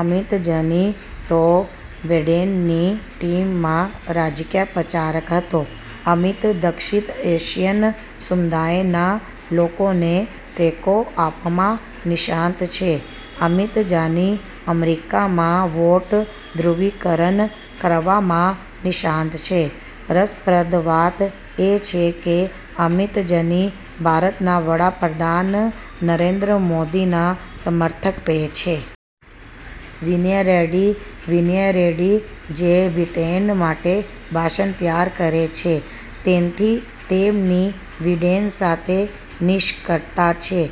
અમિત જાની: તે બિડેનની ટીમમાં રાજકીય પ્રચારક હતો. અમિત દક્ષિણ એશિયન સમુદાયના લોકોને ટેકો આપવામાં નિષ્ણાત છે. અમિત જાની અમેરિકામાં વોટ ધ્રુવીકરણ કરવામાં નિષ્ણાંત છે. રસપ્રદ વાત એ છે કે, અમિત જાની ભારતના વડા પ્રધાન નરેન્દ્ર મોદીના સમર્થક પણ છે. વિનય રેડ્ડી: વિનય રેડ્ડી જે બિડેન માટે ભાષણ તૈયાર કરે છે. તેથી તેમની બીડેન સાથે નિકટતા છે.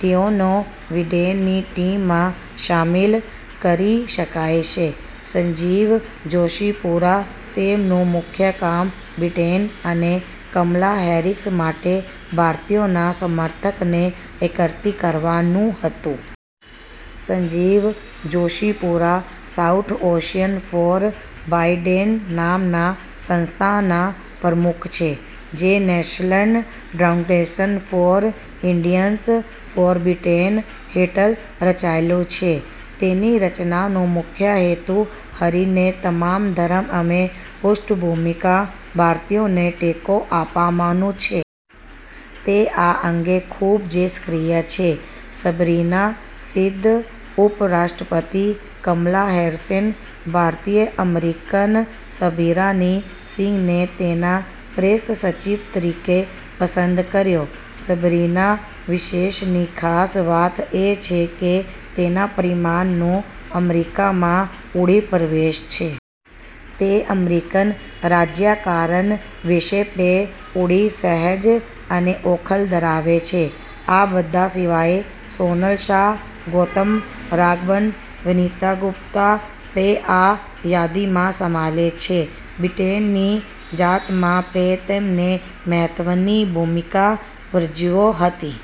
તેઓને બિડેનની ટીમમાં શામેલ કરી શકાય છે. સંજીવ જોશીપુરા: તેમનું મુખ્ય કામ બિડેન અને કમલા હેરિસ માટે ભારતીયોના સમર્થનને એકત્રિત કરવાનું હતું. Sanjeev Joshipura 'South Asian for Biden' નામના સંસ્થાના પ્રમુખ છે, જે 'National Council for Indians for Biden' હેઠળ રચાયેલ છે. તેની રચનાનો મુખ્ય હેતુ હેરિસને તમામ ધર્મ અને પૃષ્ઠભૂમિના ભારતીયોનો ટેકો આપવાનો છે. તે આ અંગે ખૂબ જ સક્રિય છે. સબરીના સિંઘ: ઉપરાષ્ટ્રપતિ કમલા હેરિસે ભારતીય-અમેરિકન સબરીના સિંઘને તેના પ્રેસ સચિવ તરીકે પસંદ કર્યા. સબરીના વિશેની ખાસ વાત એ છે કે તેના પરિવારનો અમેરિકામાં ઊંડો પ્રવેશ છે. તે અમેરિકન રાજકારણ વિશે પણ ઊંડી સમજ અને ઓળખ ધરાવે છે. આ બધા સિવાય સોનલ શાહ, ગૌતમ રાઘવન, વનિતા ગુપ્તા પણ આ યાદીમાં સામેલ છે. બિડેનની જીતમાં પણ તેમણે મહત્વની ભૂમિકા ભજવી હતી.